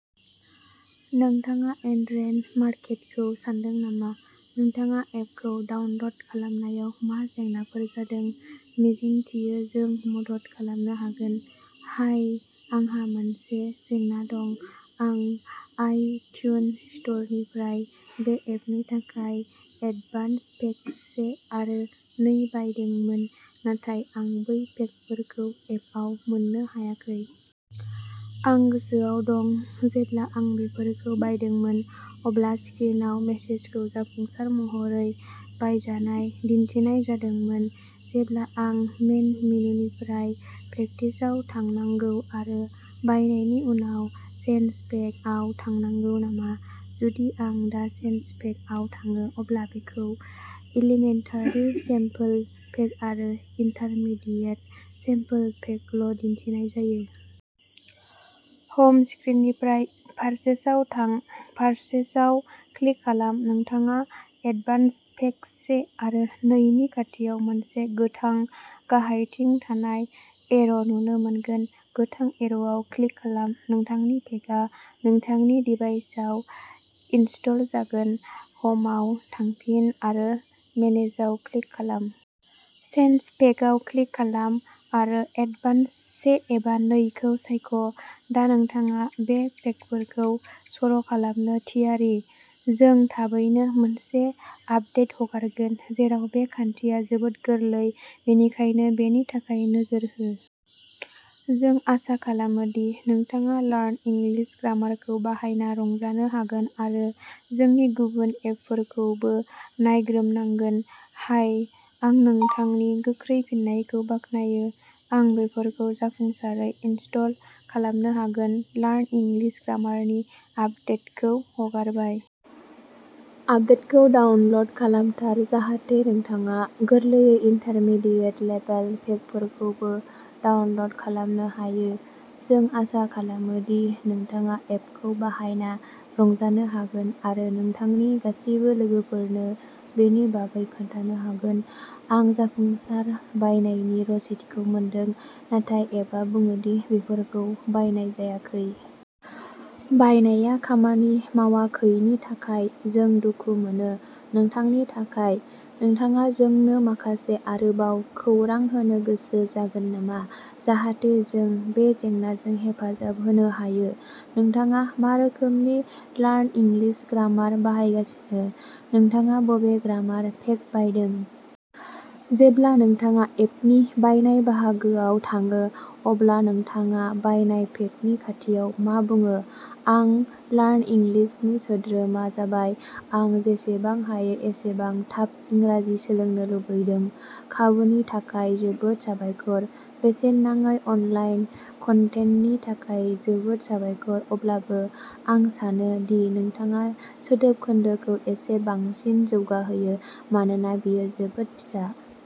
नोंथाङा एन्ड्रइड मार्केटखौ सान्दों नामा? नोंथाङा एपखौ डाउनल'ड खालामनायाव मा जेंनाफोर जादों? मिजिंथियो जों मदद खालामनो हागोन! हाय, आंहा मोनसे जेंना दं। आं आइ ट्यून स्ट'रनिफ्राय बे एपनि थाखाय एडभान्स पेक से आरो नै बायदोंमोन, नाथाय आं बै पेकफोरखौ एपआव मोननो हायाखै। आं गोसोआव दं जेब्ला आं बेफोरखौ बायदोंमोन अब्ला स्क्रिनआव मेसेजखौ "जाफुंसार महरै बायजानाय" दिन्थिनाय जादोंमोन। जेब्ला आं मेन मेनुनिफ्राय "प्रेकटिस" आव थांनांगौ, आरो बायनायनि उनाव "चेन्ज पेक" आव थांनांगौ नामा? जुदि आं दा "चेन्ज पेक" आव थाङो, अब्ला बेखौ "इलिमेन्टारि सेम्पल पेक" आरो "इन्टारमिडियेट सेम्पल पेक" ल' दिन्थिनाय जायो। हम स्क्रिननिफ्राय पारचेजआव थां। पारचेजडआव क्लिक खालाम। नोंथाङा एडभान्स पेक से आरो नै नि खाथियाव मोनसे गोथां गाहायथिं थानाय एर' नुनो मोनगोन। गोथां एर'आव क्लिक खालाम नोंथांनि पेकआ नोंथांनि दिभाइसआव इनस्टल जागोन। हमआव थांफिन आरो मेनेजाव क्लिक खालाम। चेन्ज पेकआव क्लिक खालाम आरो एडभान्स से एबा नै खौ सायख'। दा नोंथाङा बे पेकफोरखौ सर' खालामनो थियारि! जों थाबैनो मोनसे आपदेट हगारगोन जेराव बे खान्थिया जोबोद गोरलै, बेनिखायनो बेनि थाखाय नोजोर हो! जों आसा खालामो दि नोंथाङा लार्न इंलिश ग्रामारखौ बाहायना रंजानो हागोन आरो जोंनि गुबुन एपफोरखौबो नायग्रोमनांगोन। हाय, आं नोंथांनि गोख्रै फिननायखौ बाख्नायो। आं बेफोरखौ जाफुंसारै इनस्टल खालामनो हागोन! लार्न इंलिश ग्रामारनि आपदेटखौ हगारबाय! आपदेटखौ डाउनल'ड खालामथार जाहाथे नोंथाङा गोरलैयै इन्टारमिडियेत लेभेल पेकफोरखौबो डाउनल'ड खालामनो हायो। जों आसा खालामो दि नोंथाङा एपखौ बाहायना रंजानो हागोन आरो नोंथांनि गासिबो लोगोफोरनो बेनि बागै खोन्थानो हागोन! आं जाफुंसार बायनायनि रसिदखौ मोनदों, नाथाय एपआ बुङोदि बेफोरखौ बायनाय जायाखै। बायनाया खामानि मावाखैनि थाखाय जों दुखु मोनो। नोंथांनि थाखाय। नोंथाङा जोंनो माखासे आरोबाव खौरां होनो गोसो जागोन नामा जाहाथे जों बे जेंनाजों हेफाजाब होनो हायो? नोंथाङा मा रोखोमनि लार्न इंग्लिश ग्रामार बाहायगासिनो? नोंथाङा बबे ग्रामार पेक बायदों? जेब्ला नोंथाङा एपनि बायनाय बाहागोआव थाङो, अब्ला नोंथाङा बायनाय पेकनि खाथियाव मा बुङो? आं लार्न इंग्लिशनि सोद्रोमा जाबाय। आं जेसेबां हायो एसेबां थाब इंराजि सोलोंनो लुबैदों। खाबुनि थाखाय जोबोद साबायखर। बेसेन नाङै अनलाइन कन्टेन्टनि थाखाय जोबोद साबायखर, अब्लाबो आं सानो दि नोंथाङा सोदोब खोन्दोखौ एसे बांसिन जौगाहोयो मानोना बेयो जोबोद फिसा।